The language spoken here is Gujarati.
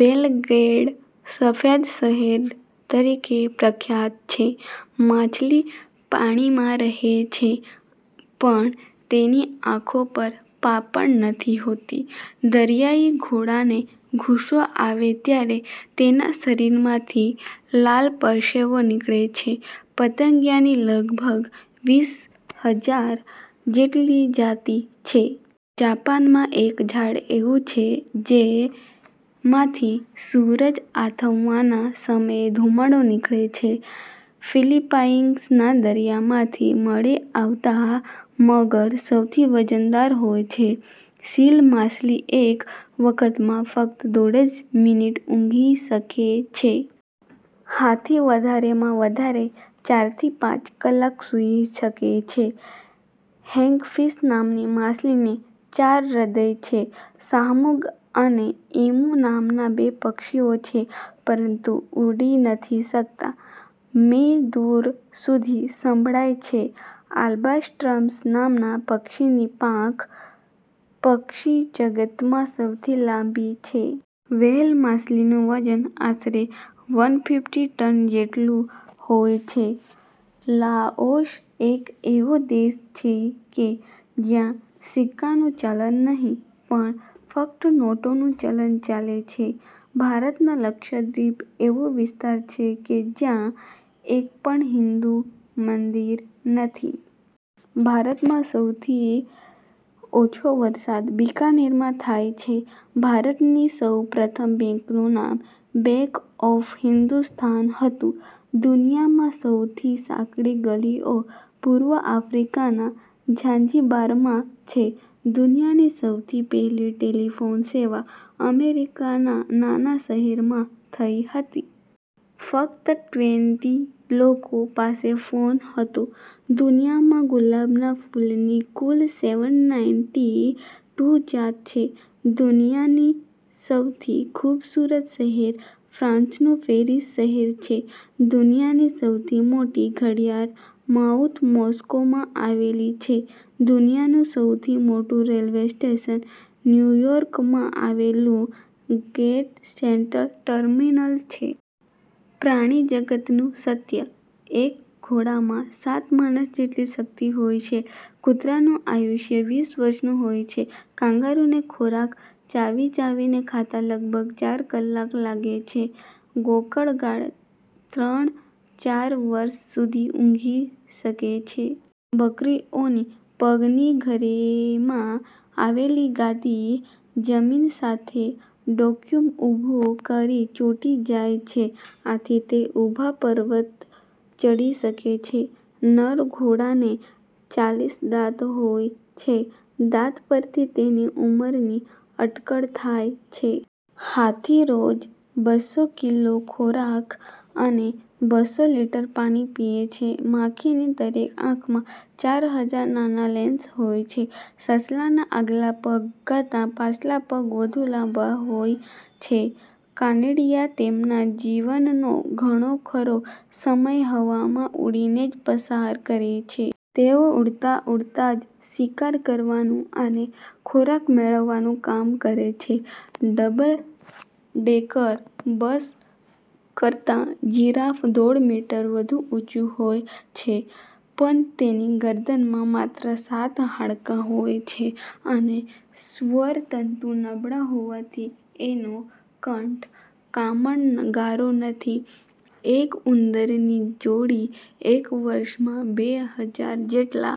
બેલગ્રેડ સફેદ શહેર તરીકે પ્રખ્યાત છે. માછલી પાણીમાં રહે છે પણ એની આંખો પર પાંપણ નથી હોતી. દરિયાઈ ઘોડાને ગુસ્સો આવે ત્યારે તેનાં શરીરમાંથી લાલ પરસવો નીકળે છે. પતંગિયાની લગભગ વીસ હજાર જેટલી જાતિ છે. જાપાનમાં એક ઝાડ એવું છે કે જેમાંથી સૂરજ આથમવાના સમયે ધુમાડો નીકળે છે. ફિલિપાઈંસના દરિયામાંથી મળી આવતા મગર સૌથી વજનદાર હોય છે. સીલ માછલી એક વખતમાં ફક્ત દોઢ જ મિનિટ ઊંઘી શકે છે. હાથી વધારેમાં વધારે ચારથી પાંચ કલાક સૂઈ શકે છે. હેંગફિશ નામની માછલીને ચાર હૃદય છે. શાહમૃગ અને ઈમુ નામના બે પક્ષીઓ છે પરંતુ ઉડી નથી શકતા. મી. દૂર સુધી સંભળાય છે. અલ્બાટ્રોર્સ નામના પક્ષીની પાંખ પક્ષી જગતમાં સૌથી લાંબી છે. વ્હેલ માછલીનું વજન આશરે વન ફિફ્ટી ટન જેટલું હોય છે. લાઓસ એક એવો દેશ છે કે જ્યાં સિક્કાનું ચલણ નહિ, પણ ફક્ત નોટોનું ચલણ ચાલે છે. ભારતના લક્ષદ્વિપ એવો વિસ્તાર છે કે જ્યાં એક પણ હિન્દુ મંદિર નથી. ભારતમાં સહુથી ઓછો વરસાદ બિકાનેરમાં થાય છે. ભારતની સૌ પ્રથમ બેંકનું નામ 'બેંક ઓફ હિન્દુસ્તાન' હતું! દુનિયામાં સહુથી સાંકડી ગલીઓ પૂર્વ આફ્રિકાના ઝાંઝીબારમાં છે! દુનિયાની સૌથી પહેલી ટેલિફોન સેવા અમેરિકાના નાના શહેરમાં થઈ હતી. ફક્ત ટ્વેન્ટીલોકો પાસે ફોન હતો. દુનિયામાં ગુલાબના ફૂલની કુલ સેવન નાઇન્ટી ટૂ જાત છે. દુનિયાનું સૌથી ખૂબસૂરત શહેર ફ્રાંસનું પેરિસ શહેર છે. દુનિયાની સૌથી મોટી ઘડિયાળ મેઉથ મૉસ્કોમાં આવેલી છે. દુનિયાનું સહુથી મોટું રેલ્વે સ્ટેશન ન્યુયોર્કમાં આવેલું 'ગ્રેટ સેંટ્રલ ટર્મિનલ' છે. પ્રાણી જગતનું સત્ય: એક ઘોડામાં સાત માણસ જેટલી શક્તિ હોય છે. કૂતરાનું આયુષ્ય વીસ વર્ષનું હોય છે. કાંગારુને ખોરાક ચાવીચાવીને ખાતા લગભગ ચાર કલાક લાગે છે. ગોકળ ગાય ત્રણ ચાર વર્ષ સુધી ઊંઘી શકે છે. બકરીઓની પગની ખરીમાં આવેલી ગાદી જમીન સાથે વૅક્યુમ ઊભું કરી ચોંટી જાય છે. આથી તે ઊભા પર્વત ચઢી શકે છે. નર ઘોડાને ચાલીસ દાંત હોય છે. દાંત પરથી તેની ઉંમરની અટકળ થાય છે. હાથી રોજ બસ્સો કિલો ખોરાક અને બસ્સો લિટર પાણી પીએ છે. માખીની દરેક આંખમાં ચાર હજાર નાના લૅંસ હોય છે. સસલાના આગલા પગ કરતા પાછલા પગ વધુ લાંબા હોય છે. કાનડિયા તેમના જીવનનો ઘણો ખરો સમય હવામાં ઊડીને જ પસાર કરે છે. તેઓ ઊડતાં ઊડતાં જ શિકાર કરવાનું અને ખોરાક મેળવવાનું કામ કરે છે. ડબલ ડેકર બસ કરતાં જિરાફ દોઢ મીટર વધુ ઊચું હોય છે, પણ એની ગરદનમાં માત્ર સાત હાડકાં હોય છે અને સ્વરતંતુ નબળા હોવાથી એનો કંઠ કામણ ગારો નથી. એક ઉંદરની જોડી એક વર્ષમાં બે હજાર જેટલાં